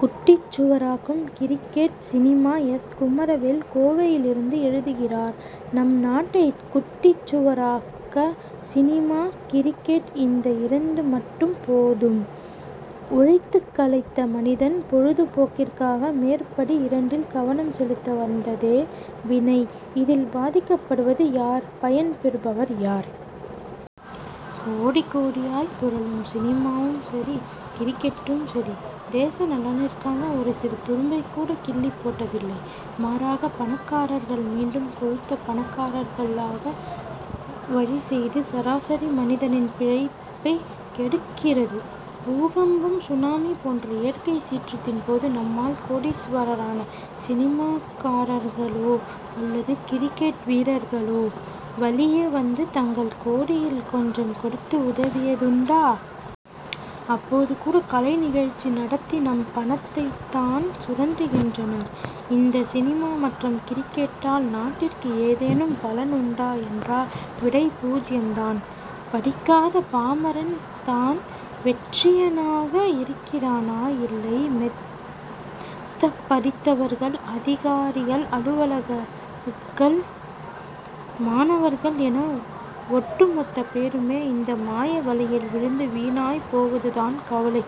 குட்டிச்சுவராக்கும் cricket cinema S. Kumaravel கோவையிலிருந்து எழுதுகிறார் நம் நாட்டை குட்டிச் சுவராக்க சினிமா கிரிக்கெட் இந்த இரண்டு மட்டும் போதும். உழைத்துக் களைத்த மனிதன் பொழுதுபோக்கிற்காக மேற்படி இரண்டில் கவனம் செலுத்த வந்ததே வினைஇதில் பாதிக்கப்படுவது யார் பயன் பெறுபவர் யார்? கோடி கோடியாய் புரளும் சினிமாவும் சரி கிரிக்கெட்டும் சரி தேச நலனிற்காக ஒரு சிறு துரும்பைக் கூட கிள்ளிப் போட்டதில்லை. மாறாக பணக்காரர்கள் மீண்டும் கொழுத்த பணக்காரர்களாக வழி செய்து சராசரி மனிதனின் பிழைப்பை கெடுக்கிறது. பூகம்பம் சுனாமி போன்ற இயற்கை சீற்றத்தின் போது நம்மால் கோடீஸ்வரனான சினிமாக்காரர்களோ அல்லது கிரிக்கெட் வீரர்களோ வலிய வந்து தங்கள் கோடியில் கொஞ்சம் கொடுத்து உதவியதுஉண்டா? அப்போது கூட கலை நிகழ்ச்சி நடத்தி நம் பணத்தைத் தான் சுரண்டுகின்றனர். இந்த சினிமா மற்றும் கிரிக்கெட்டால் நாட்டிற்கு ஏதேனும் பலன் உண்டா என்றால் விடை பூஜ்யம் தான். படிக்காத பாமரன் தான் வெற்றியனாக இருக்கிறானா இல்லைமெத் தப் படித்தவர்கள் அதிகாரிகள் அலுவலர்கள் மாணவர்கள் என ஒட்டு மொத்த பேருமே இந்த மாய வலையில் விழுந்து வீணாய் போவது தான் கவலை.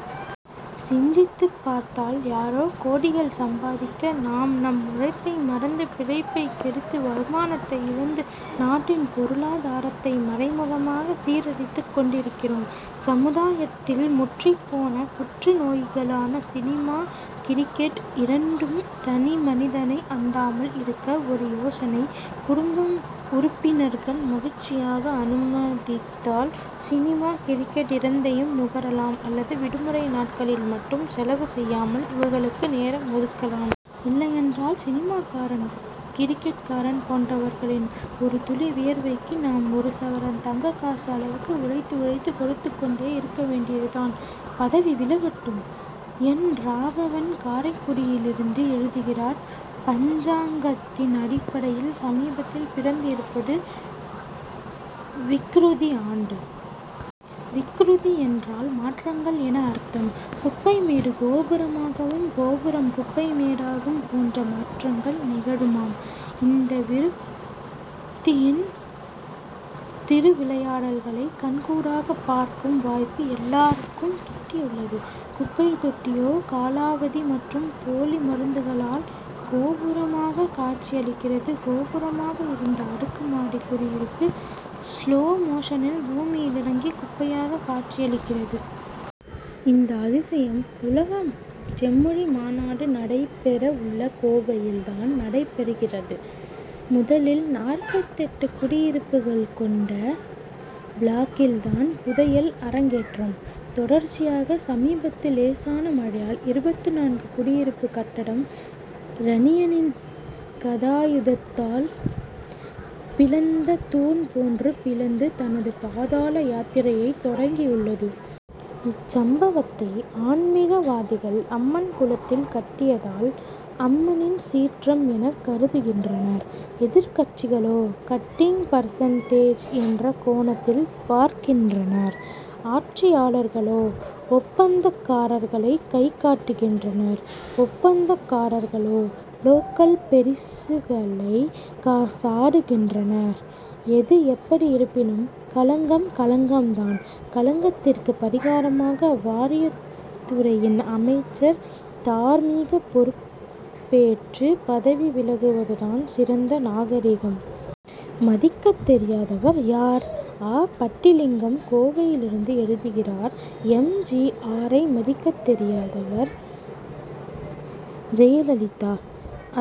சிந்தித்துப் பார்த்தால் யாரோ கோடிகள் சம்பாதிக்க நாம் நம் உழைப்பை மறந்து பிழைப்பை கெடுத்து வருமானத்தை இழந்து நாட்டின் பொருளாதாரத்தை மறைமுகமாக சீரழித்துக் கொண்டிருக்கிறோம். சமுதாயத்தில் முற்றிப் போன புற்று நோய்களான சினிமா கிரிக்கெட் இரண்டும் தனி மனிதனை அண்டாமல் இருக்க ஒரு யோசனைகுடும்ப உறுப்பினர்கள் மகிழ்ச்சியாக அனுமதித்தால் சினிமா கிரிக்கெட் இரண்டையும் நுகரலாம் அல்லது விடுமுறை நாட்களில் மட்டும் செலவு செய்யாமல் இவர்களுக்கு நேரம் ஒதுக்கலாம். இல்லையென்றால் சினிமாக்காரன் கிரிக்கெட் காரன் போன்றவர்களின் ஒரு துளி வியர்வைக்கு நாம் ஒரு சவரன் தங்க காசு அளவுக்கு உழைத்து உழைத்து கொடுத்துக் கொண்டேயிருக்க வேண்டியது தான். பதவி விலகட்டும்! என். ராகவன் காரைக்குடியிலிருந்து எழுதுகிறார் பஞ்சாங்கத்தின் அடிப்படையில் சமீபத்தில் பிறந்து இருப்பது விக்ருதி ஆண்டு. விக்ருதி என்றால் மாற்றங்கள் என அர்த்தம். குப்பைமேடு கோபுரமாகவும் கோபுரம் குப்பை மேடாகும் போன்ற மாற்றங்கள் நிகழுமாம். இந்த விருத்தியின் திருவிளையாடல்களை கண்கூடாக பார்க்கும் வாய்ப்பு எல்லாருக்கும் கிட்டியுள்ளது. குப்பைத் தொட்டியோ காலாவதி மற்றும் போலி மருந்துகளால் கோபுரமாக காட்சி அளிக்கிறது கோபுரமாக இருந்த அடுக்கு மாடி குடியிருப்பு ஸ்லோ மோஷனில் பூமியில் இறங்கி குப்பையாக காட்சி அளிக்கிறது. இந்த அதிசயம் உலக செம்மொழி மாநாடு நடைபெற உள்ள கோவையில் தான் நடைபெறுகிறது. முதலில் நாற்பத்தெட்டு குடியிருப்புகள் கொண்ட பிளாக்கில் தான் புதையல் அரங் கேற்றம். தொடர்ச்சியாக சமீபத்து லேசான மழையால் இருபத்துநான்கு குடியிருப்பு கட்டடம் இரணியனின் கதாயுதத்தால் பிளந்த தூண் போன்று பிளந்து தனது பாதாள யாத்திரையை தொடங்கி உள்ளது. இச்சம்பவத்தை ஆன்மிகவாதிகள் அம்மன் குளத் தில் கட்டியதால் அம்மனின் சீற்றம் என கருதுகின்றனர். எதிர்க்கட்சிகளோ கட்டிங் பர்சன்டேஜ் என்ற கோணத்தில் பார்க்கின்றனர். ஆட்சியாளர்களோ ஒப் பந்தக்காரர்களை கை காட்டுகின்றனர். ஒப்பந்தக்காரர்களோ லோக்கல் பெரிசுகளை சாடுகின்றனர். எது எப்படி இருப்பினும் களங்கம் களங்கம் தான். களங்கத்திற்கு பரிகாரமாக வாரியத்துறையின் அமைச்சர் தார்மீக பொறுப் பேற்று பதவி விலகுவது தான் சிறந்த நாகரிகம். மதிக்கத்தெரியாதவர் யார்? ஆ. பட்டிலிங்கம் கோவையிலிருந்து எழுதுகிறார் எம். ஜி. ஆரை மதிக்கத் தெரியாதவர் ஜெயலலிதா.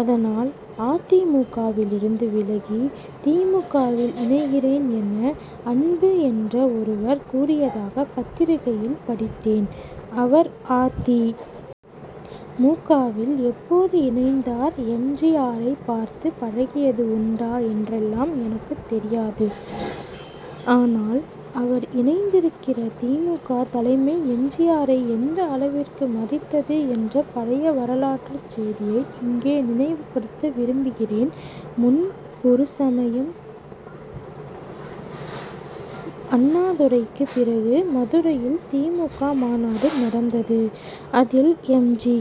அதனால் அ. தி. மு. க.வில் இருந்து விலகி தி. மு. க.வில் இணைகிறேன் என அன்பு என்ற ஒருவர் கூறியதாக பத்திரிகையில் படித்தேன். அவர் அ. தி. மு. க.வில் எப்போது இணைந்தார் எம். ஜி. ஆரை பார்த்து பழகியது உண்டா என்றெல்லாம் எனக்குத் தெரியாது. ஆனால் அவர் இணைந்திருக்கிற தி. மு. க. தலைமை எம். ஜி. ஆரை எந்த அளவிற்கு மதித்தது என்ற பழைய வரலாற்றுச் செய்தியை இங்கே நினைவுப்படுத்த விரும்புகிறேன்முன்பொரு சமயம் அண்ணாதுரைக்கு பிறகு மதுரையில் தி. மு. க. மாநாடு நடந்தது. அதில் எம். ஜி.